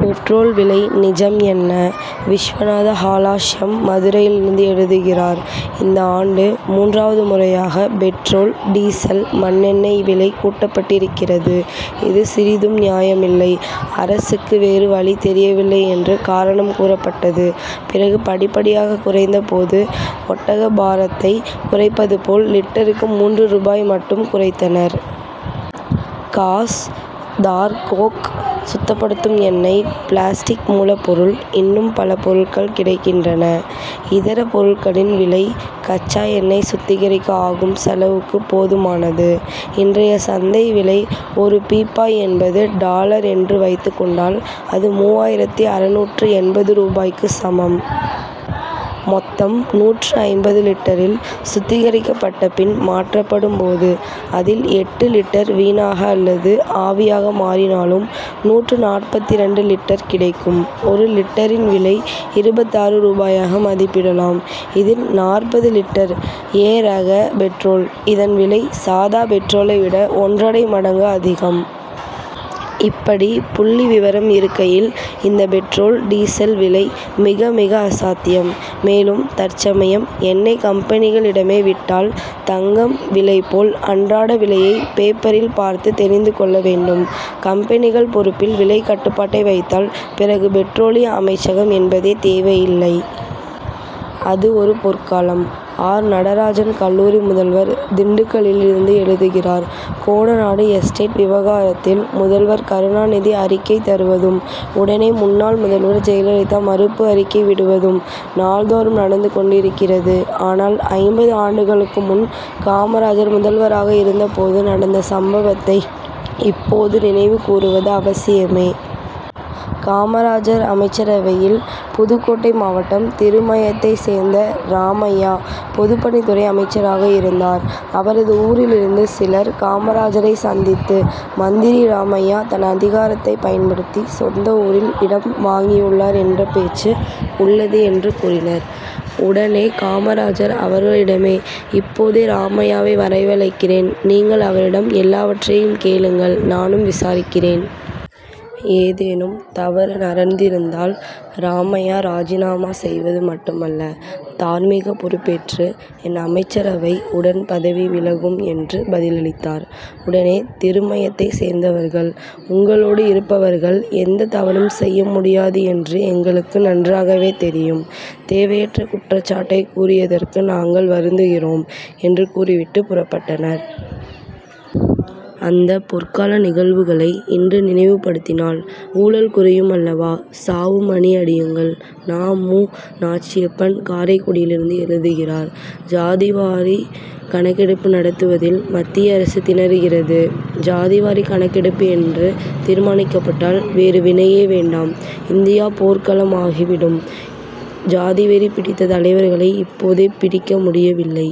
Petrol விலை நிஜம் என்ன? விஸ்வநாத ஹாலாஸ்யம், மதுரையிலிருந்து எழுதுகிறார் இந்த ஆண்டு மூன்றாவது முறையாக பெட்ரோல், டீசல், மண்ணெண்ணெய் விலை கூட்டப்பட்டிருக்கிறது. இது சிறிதும் நியாயமில்லை. அரசுக்கு வேறு வழி தெரியவில்லை என்று காரணம் கூறப்பட்டது. பிறகு படிப்படியாக குறைந்த போது, ஒட்டக பாரத்தைக் குறைப்பது போல், லிட்டருக்கு மூன்று ரூபாய் மட்டும் குறைத்தனர். காஸ், தார் கோக், சுத்தப்படுத்தும் எண்ணெய், பிளாஸ்டிக் மூலப்பொருள் இன்னும் பல பொருட்கள் கிடைக்கின்றன. இதர பொருட்களின் விலை, கச்சா எண்ணெய் சுத்திகரிக்க ஆகும் செலவுக்கு போதுமானது. இன்றைய சந்தை விலை, ஒரு பீப்பாய் எண்பது டாலர் என்று வைத்துக் கொண்டால், அது மூவாயிரத்து அறுநூற்று எண்பது ரூபாய்க்கு சமம். மொத்தம் நூற்று ஐம்பது லிட்டரில், சுத்திகரிக்கப்பட்ட பின் மாற்றப்படும் போது, அதில் எட்டு லிட்டர் வீணாக அல்லது ஆவியாக மாறினாலும், நூற்று நாற்பத்திரண்டு லிட்டர் கிடைக்கும். ஒரு லிட்டரின் விலை, இருபத்தாறு ரூபாயாக மதிப்பிடலாம். இதில் நாற்பது லிட்டர், ஏ ரக பெட்ரோல். இதன் விலை, சாதா பெட்ரோலை விட ஒன்றரை மடங்கு அதிகம். இப்படி புள்ளி விவரம் இருக்கையில், இந்த பெட்ரோல், டீசல் விலை மிக, மிக அசாத்தியம். மேலும், தற்சமயம் எண்ணெய்க் கம்பெனிகளிடமே விட்டால், தங்கம் விலை போல், அன்றாட விலையைப் பேப்பரில் பார்த்து தெரிந்து கொள்ள வேண்டும். கம்பெனிகள் பொறுப்பில் விலைக் கட்டுப்பாட்டை வைத்தால், பிறகு பெட்ரோலிய அமைச்சகம் என்பதே தேவையில்லை. அது ஒரு பொற்காலம்! ஆர். நடராஜன், கல்லூரி முதல்வர், திண்டுக்கலிலிருந்து எழுதுகிறார் கோடநாடு எஸ்டேட் விவகாரத்தில், முதல்வர் கருணாநிதி அறிக்கை தருவதும், உடனே, முன்னாள் முதல்வர் ஜெயலலிதா மறுப்பு அறிக்கை விடுவதும், நாள் தோறும் நடந்து கொண்டிருக்கிறது. ஆனால், ஐம்பது ஆண்டுகளுக்கு முன், காமராஜர் முதல்வராக இருந்த போது நடந்த சம்பவத்தை, இப்போது நினைவு கூறுவது அவசியமே! காமராஜர் அமைச்சரவையில், புதுக்கோட்டை மாவட்டம் திருமயத்தைச் சேர்ந்த ராமையா, பொதுப்பணித்துறை அமைச்சராக இருந்தார். அவரது ஊரிலிருந்து சிலர், காமராஜரைச் சந்தித்து, மந்திரி ராமையா தன் அதிகாரத்தைப் பயன்படுத்தி, சொந்த ஊரில் இடம் வாங்கியுள்ளார் என்ற பேச்சு உள்ளது என்று கூறினர். உடனே காமராஜர் அவர்களிடம், இப்போதே ராமையாவை வரவழைக்கிறேன் நீங்கள் அவரிடம் எல்லாவற்றையும் கேளுங்கள் நானும் விசாரிக்கிறேன். ஏதேனும் தவறு நடந்திருந்தால், ராமையா ராஜினாமா செய்வது மட்டுமல்ல, தார்மீகப் பொறுப்பேற்று, என் அமைச்சரவை உடன் பதவி விலகும் என்று பதிலளித்தார். உடனே திருமயத்தைச் சேர்ந்தவர்கள், உங்களோடு இருப்பவர்கள் எந்தத் தவறும் செய்ய முடியாது என்று எங்களுக்கு நன்றாகவே தெரியும். தேவையற்ற குற்றச்சாட்டைக் கூறியதற்கு நாங்கள் வருந்துகிறோம் என்று கூறிவிட்டுப் புறப்பட்டனர். அந்தப் பொற்கால நிகழ்வுகளை இன்று நினைவுபடுத்தினால், ஊழல் குறையும் அல்லவா! சாவு மணி அடியுங்கள்! நா. மு. நாச்சியப்பன், காரைக்குடியிலிருந்து எழுதுகிறார் ஜாதிவாரிக் கணக்கெடுப்பு நடத்துவதில் மத்திய அரசு திணறுகிறது. ஜாதிவாரிக் கணக்கெடுப்பு என்று தீர்மானிக்கப்பட்டால், வேறுவினையே வேண்டாம்; இந்தியா போர்க்களம் ஆகிவிடும். ஜாதிவெறி பிடித்த தலைவர்களை, இப்போதே பிடிக்க முடியவில்லை.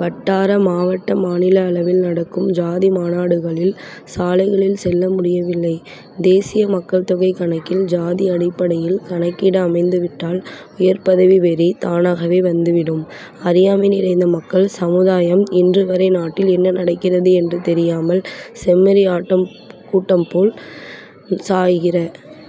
வட்டார, மாவட்ட, மாநில அளவில் நடக்கும் ஜாதி மாநாடுகளில், சாலைகளில் செல்ல முடியவில்லை. தேசிய மக்கள்தொகைக் கணக்கில், ஜாதி அடிப்படையில் கணக்கீடு அமைந்துவிட்டால், உயர்பதவி வெறி, தானாகவே வந்துவிடும். அறியாமை நிறைந்த மக்கள் சமுதாயம், இன்றுவரை நாட்டில் என்ன நடக்கிறது என்று தெரியாமல், செம்மறி ஆட்டுக் கூட்டம் போல், சாய்கிற